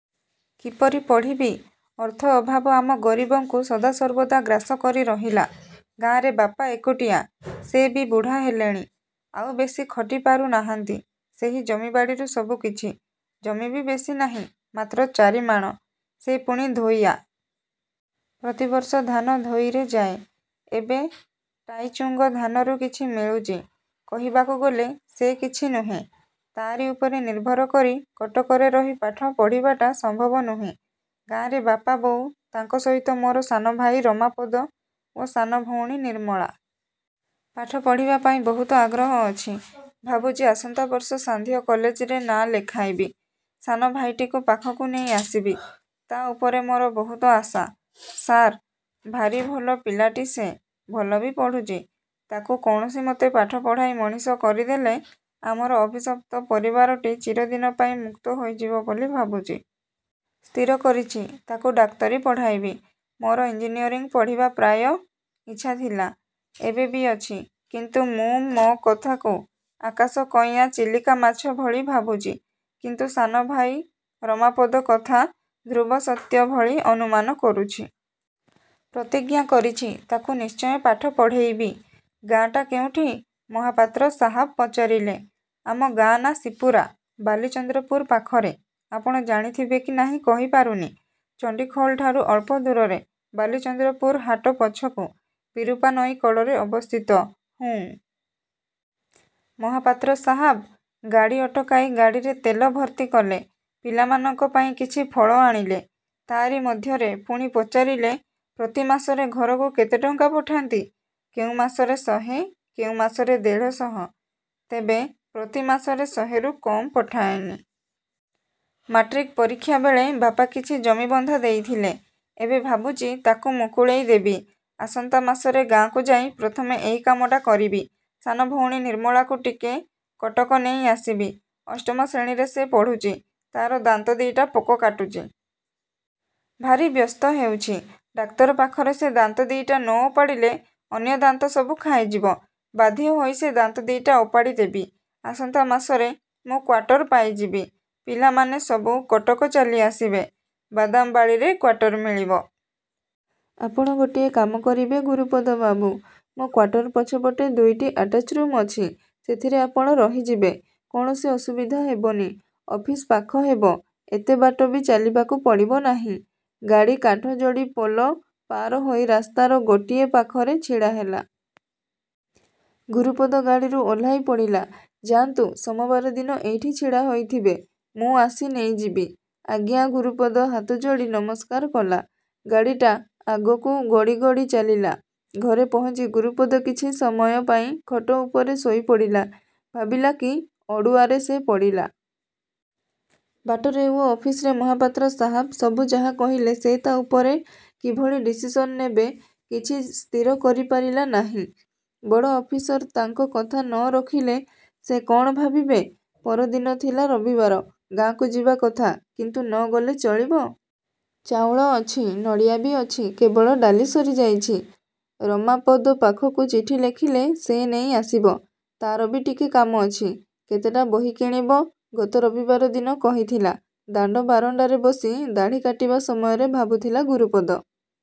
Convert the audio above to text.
କିପରି ପଢ଼ିବି? ଅର୍ଥ ଅଭାବ ଆମ ଗରିବଙ୍କୁ ସଦାସର୍ବଦା ଗ୍ରାସକରି ରହିଲା। ଗାଁରେ ବାପା ଏକୁଟିଆ। ସେ ବି ବୁଢ଼ା ହେଲେଣି, ଆଉ ବେଶି ଖଟି ପାରୁ ନାହାଁନ୍ତି। ସେହି ଜମିବାଡ଼ିରୁ ସବୁକିଛି। ଜମି ବି ବେଶି ନାହିଁ, ମାତ୍ର ଚାରି ମାଣ। ସେ ପୁଣି ଧୋଇଆ। ପ୍ରତିବର୍ଷ ଧାନ ଧୋଇରେ ଯାଏ। ଏବେ ଟାଇଚୁଙ୍ଗ ଧାନରୁ କିଛି ମିଳୁଛି। କହିବାକୁ ଗଲେ ସେ କିଛି ନୁହେଁ। ତା'ରି ଉପରେ ନିର୍ଭର କରି କଟକରେ ରହି ପାଠ ପଢ଼ିବାଟା ସମ୍ଭବ ନୁହେଁ। ଗାଁରେ ବାପା, ବୋଉ, ତାଙ୍କ ସହିତ ମୋର ସାନଭାଇ ରମାପଦ ଓ ସାନ ଭଉଣୀ ନିର୍ମଳା। ପାଠ ପଢ଼ିବା ପାଇଁ ବହୁତ ଆଗ୍ରହ ଅଛି। ଭାବୁଛି ଆସନ୍ତା ବର୍ଷ ସାନ୍ଧ୍ୟ କଲେଜରେ ନାଁ ଲେଖାଇବି। ସାନ ଭାଇଟିକୁ ପାଖକୁ ନେଇ ଆସିବି। ତା' ଉପରେ ମୋର ବହୁତ ଆଶା, ସାର୍। ଭାରି ଭଲ ପିଲାଟି ସେ। ଭଲ ବି ପଢ଼ୁଛି। ତା'କୁ କୌଣସିମତେ ପାଠ ପଢ଼େଇ ମଣିଷ କରିଦେଲେ ଆମର ଅଭିଶପ୍ତ ପରିବାରଟି ଚିରଦିନ ପାଇଁ ମୁକ୍ତ ହୋଇଯିବ ବୋଲି ଭାବୁଛି। ସ୍ଥିର କରିଛି ତା'କୁ ଡାକ୍ତରୀ ପଢ଼ାଇବି। ମୋର ଇଞ୍ଜିନୟରିଂ ପଢ଼ିବା ପ୍ରାୟ ଇଚ୍ଛା ଥିଲା। ଏବେ ବି ଅଛି। କିନ୍ତୁ ମୁଁ ମୋ କଥାକୁ ଆକାଶ କଇଁଆ ଚିଲିକା ମାଛ ଭଳି ଭାବୁଛି। କିନ୍ତୁ ସାନ ଭାଇ ରମାପଦ କଥା, ଧ୍ରୁବସତ୍ୟ ଭଳି ଅନୁମାନ କରୁଛି। ପ୍ରତିଜ୍ଞା କରିଛି ତା'କୁ ନିଶ୍ଚୟ ପାଠ ପଢ଼େଇବି। ଗାଁଟା କେଉଁଠି? ମହାପାତ୍ର ସାହାବ ପଚାରିଲେ। ଆମ ଗାଁ ନାଁ ଶିପୁରା, ବାଲିଚନ୍ଦ୍ରପୁର ପାଖରେ। ଆପଣ ଜାଣିଥିବେ କି ନାହିଁ କହିପାରୁନି। ଚଣ୍ଡିଖୋଲଠାରୁ ଅଳ୍ପ ଦୂରରେ, ବାଲିଚନ୍ଦ୍ରପୁର ହାଟ ପଛକୁ। ବିରୂପା ନଈ କଡ଼ରେ ଅବସ୍ଥିତ। ହୁଁ। ମହାପାତ୍ର ସାହାବ ଗାଡ଼ି ଅଟକାଇ ଗାଡ଼ିରେ ତେଲ ଭର୍ତ୍ତି କଲେ। ପିଲାମାନଙ୍କ ପାଇଁ କିଛି ଫଳ ଆଣିଲେ। ତା'ରି ମଧ୍ୟରେ ପୁଣି ପଚାରିଲେ, ପ୍ରତି ମାସରେ ଘରକୁ କେତେ ଟଙ୍କା ପଠାନ୍ତି? କେଉଁ ମାସରେ ଶହେ, କେଉଁ ମାସରେ ଦେଢ଼ଶହ। ତେବେ ପ୍ରତି ମାସରେ ଶହେରୁ କମ୍ ପଠାଏନି। ମାଟ୍ରିକ୍ ପରୀକ୍ଷାବେଳେ ବାପା କିଛି ଜମିବନ୍ଧା ଦେଇଥିଲେ। ଏବେ ଭାବୁଛି ତା'କୁ ମୁକୁଳେଇ ଦେବି। ଆସନ୍ତା ମାସରେ ଗାଁକୁ ଯାଇ ପ୍ରଥମେ ଏଇ କାମଟା କରିବି। ସାନ ଭଉଣୀ ନିର୍ମଳାକୁ ଟିକେ କଟକ ନେଇ ଆସିବି। ଅଷ୍ଟମ ଶ୍ରେଣୀରେ ସେ ପଢ଼ୁଛି। ତା'ର ଦାନ୍ତ ଦି'ଟା ପୋକ କାଟୁଛି। ଭାରି ବ୍ୟସ୍ତ ହେଉଛି। ଡାକ୍ତର ପାଖରେ ସେ ଦାନ୍ତ ଦି'ଟା ନ ଓପାଡ଼ିଲେ ଅନ୍ୟ ଦାନ୍ତସବୁ ଖାଇଯିବ। ବାଧ୍ୟ ହୋଇ ସେ ଦାନ୍ତ ଦି'ଟା ଓପାଡ଼ି ଦେବି। ଆସନ୍ତା ମାସରେ ମୁଁ କ୍ୱାଟର ପାଇଯିବି। ପିଲାମାନେ ସବୁ କଟକ ଚାଲି ଆସିବେ ବାଦାମବାଡ଼ିରେ କ୍ୱାଟର ମିଳିବ। ଆପଣ ଗୋଟିଏ କାମ କରିବେ ଗୁରୁପଦ ବାବୁ! ମୋ କ୍ୱାଟର ପଛପଟେ ଦୁଇଟି ଆଟାଚ୍ ରୁମ୍ ଅଛି। ସେଥିରେ ଆପଣ ରହିଯିବେ। କୌଣସି ଅସୁବିଧା ହେବନି। ଅଫିସ ପାଖ ହେବ। ଏତେ ବାଟ ବି ଚାଲିବାକୁ ପଡ଼ିବ ନାହିଁ। ଗାଡ଼ି କାଠଯୋଡ଼ି ପୋଲ ପାରିହୋଇ ରାସ୍ତାର ଗୋଟିଏ ପାଖରେ ଛିଡ଼ାହେଲା। ଗୁରୁପଦ ଗାଡ଼ିରୁ ଓହ୍ଲାଇ ପଡ଼ିଲା। ଯାଆନ୍ତୁ ସୋମବାର ଦିନ ଏଇଠି ଛିଡ଼ା ହୋଇଥିବେ, ମୁୀଁ ଆସି ନେଇଯିବି। ଆଜ୍ଞା, ଗୁରୁପଦ ହାତଯୋଡ଼ି ନମସ୍କାର କଲା। ଗାଡ଼ିଟା ଆଗକୁ ଗଡ଼ି ଗଡ଼ି ଚାଲିଲା। ଘରେ ପହଞ୍ଚି ଗୁରୁପଦ କିଛି ସମୟ ପାଇଁ ଖଟ ଉପରେ ଶୋଇପଡ଼ିଲା। ଭାବିଲା କି ଅଡ଼ୁଆରେ ସେ ପଡ଼ିଲା। ବାଟରେ ଓ ଅଫିସରେ ମହାପାତ୍ର ସାହାବ ସବୁ ଯାହା କହିଲେ ସେ ତା' ଉପରେ କିଭଳି ଡିସିସନ ନେବ କିଛି ସ୍ଥିର କରିପାରିଲା ନାହିଁ। ବଡ଼ ଅଫିସର ତାଙ୍କ କଥା ନରଖିଲେ ସେ କ'ଣ ଭାବିବେ? ପରଦିନ ଥିଲା ରବିବାର। ଗାଁକୁ ଯିବା କଥା। କିନ୍ତୁ ନ ଗଲେ ଚଳିବ। ଚାଉଳ ଅଛି, ନଡ଼ିଆ ବି ଅଛି କେବଳ ଡାଲି ସରିଯାଇଛି। ରମାପଦ ପାଖକୁ ଚିଠି ଲେଖିଲେ ସେ ନେଇ ଆସିବ। ତା'ର ବି ଟିକେ କାମ ଅଛି।। କେତେଟା ବହି କିଣିବ, ଗତ ରବିବାର ଦିନ କହିଥିଲା। ଦାଣ୍ଡ ବାରଣ୍ଡାରେ ବସି ଦାଢ଼ି କାଟିବା ସମୟରେ ଭାବୁଥିଲା ଗୁରୁପଦ।